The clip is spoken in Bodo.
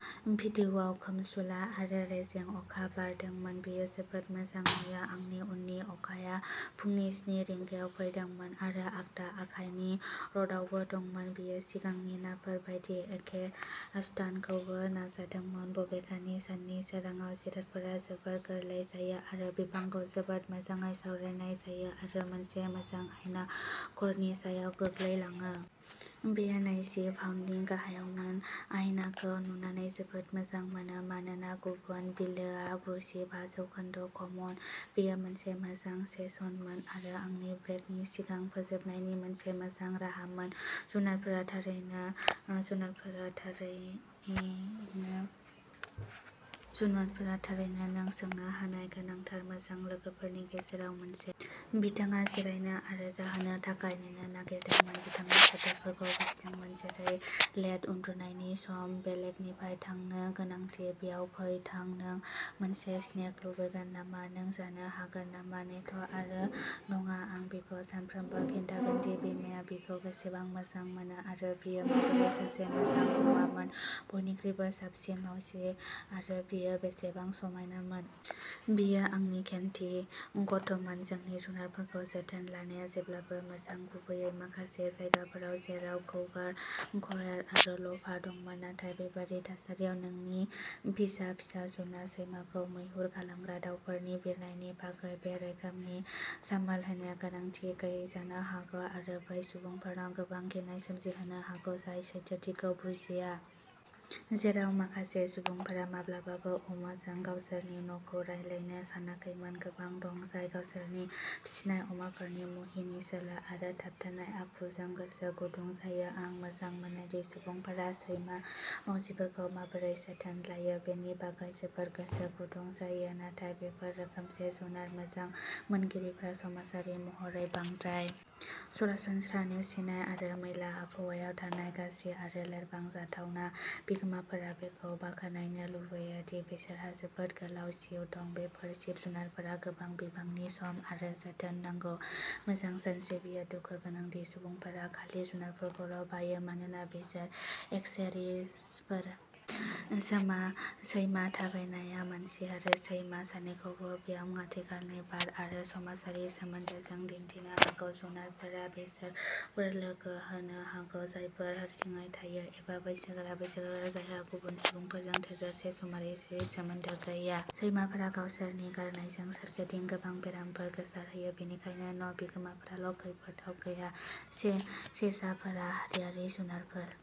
भिडिअ'आव खोमसुला आरो रेजें अखा बारदोंमोन। बेयो जोबोद मोजां नुयो। आंनि उननि अखाया फुंनि स्नि रिंगायाव फैदोंमोन आरो आगदा आखाइनि रडआवबो दंमोन। बेयो सिगांनि नाफोर बायदि एखे स्टान्टखौबो नाजादोंमोन। बबेखानि, साननि सोरांआव जिरादफोरा जोबोद गोरलै जायो आरो बिफांखौ जोबोद मोजाङै सावरायनाय जायो आरो मोनसे मोजां आयना कर्डनि सायाव गोग्लैलाङो। बेयो नैजि पाउन्दनि गाहायावमोन। आयनाखौ नुनानै जोबोद मोजां मोनो, मानोना गुबुन बिलोआ गुजि बा जौखोन्दो कमन। बेयो मोनसे मोजां सेसनमोन आरो आंनि ब्रेकनि सिगां फोजोबनायनि मोनसे मोजां राहामोन। जुनारफोरा थारैनो नों सोंनो हानाय गोनांथार मोजां लोगोफोरनि गेजेराव मोनसे। बिथाङा जिरायनो आरो जाहोनो थाखाय नेनो नागिरदोंमोन, बिथाङा सोदोबफोरखौ बुजिदोंमोन जेरै लेथ', उन्दुनायनि सम, बेलकनिआव थांनो गोनांथि, बेयाव फै, थां, नों मोनसे स्नेक लुबैगोन नामा, नों जानो हागोन नामा, नेथ' आरो नङा। आं बिखौ सानफ्रोमबो खिन्थागोनदि बिमाया बिखौ बेसेबां मोजां मोनो आरो बियो माबोरै सासे मोजां हौवामोन, बयनिख्रुइबो साबसिन मावजि आरो बियो बेसेबां समायनामोन। बियो आंनि केन्डि गथ'मोन। नोंनि जुनारफोरखौ जोथोन लानाया जेब्लाबो मोजां, गुबैयै माखासे जायगाफोराव, जेराव कौगार, कयट आरो ल'फ दंमोन, नाथाय बेबादि थासारियाव नोंनि फिसा फिसा जुनार सैमाखौ मैहुर खालामग्रा दावफोरनि बिरनायनि बागै बे रोखोमनि सामोल होनाया गोनांथि गैयै जानो हागौ आरो बै सुबुंफोरनाव गोबां गिनाय सोमजिहोनो हागौ जाय सैथोथिखौ बुजिया। जेराव माखासे सुबुंफोरा माब्लाबाबो अमाजों गावसोरनि न'खौ रानलायनो सानाखैमोन, गोबां दं जाय गावसोरनि फिसिनाय अमाफोरनि मुहिनि, सोलो आरो थाबथानाय आखुजों गोसो गुदुं जायो। आं मोजां मोनोदि सुबुंफोरा सैमा आरो मावजिफोरखौ माबोरै जोथोन लायो बेनि बागै जोबोद गोसो गुदुं जायो, नाथाय बेफोर रोखोमसे जुनार मोजां मोनगिरिफोरा समाजारि महरै बांद्राय। सरासनस्रा नेवसिनाय आरो मैला आबहावायाव थानाय गाज्रि आरो लोरबां। जाथावना बिगोमाफोरा बेखौ बाखनायनो लुबैयो दि बिसोरहा जोबोद गोलाव जिउ दं, बेफोर जिब जुनारफोरा गोबां बिबांनि सम आरो जोथोन नांगौ। मोजां सानस्रि, बेयो दुखु गोनां दि सुबुंफोरा खालि जुनारफोरखौल' बायो मानोना बिसोर एक्सेसरिजफोर। सैमा थाबायनायआ मानसि आरो सैमा सानैखौबो ब्याम, आथिखालनि बार आरो समाजारि सोमोन्दोजों दिन्थिनो हागौ। जुनारफोरा बैसोर सुबुंफोरखौ लोगो होनो हागौ जायफोरा हारसिङै थायो एबा बैसोगोरा बैसोगोराफोर जायहा गुबुन सुबुंफोरजों थोजासे समाजारि सोमोन्दो गैया। सैमाफोरा गावसोरनि गारगारनायजों सोरगिदिं गोबां बेरामफोर गोसारहोयो, बेनिखायनो न' बिगोमाफोराल' खैफोदआव गैया। सेसाफोरा हारियारि जुनारफोर।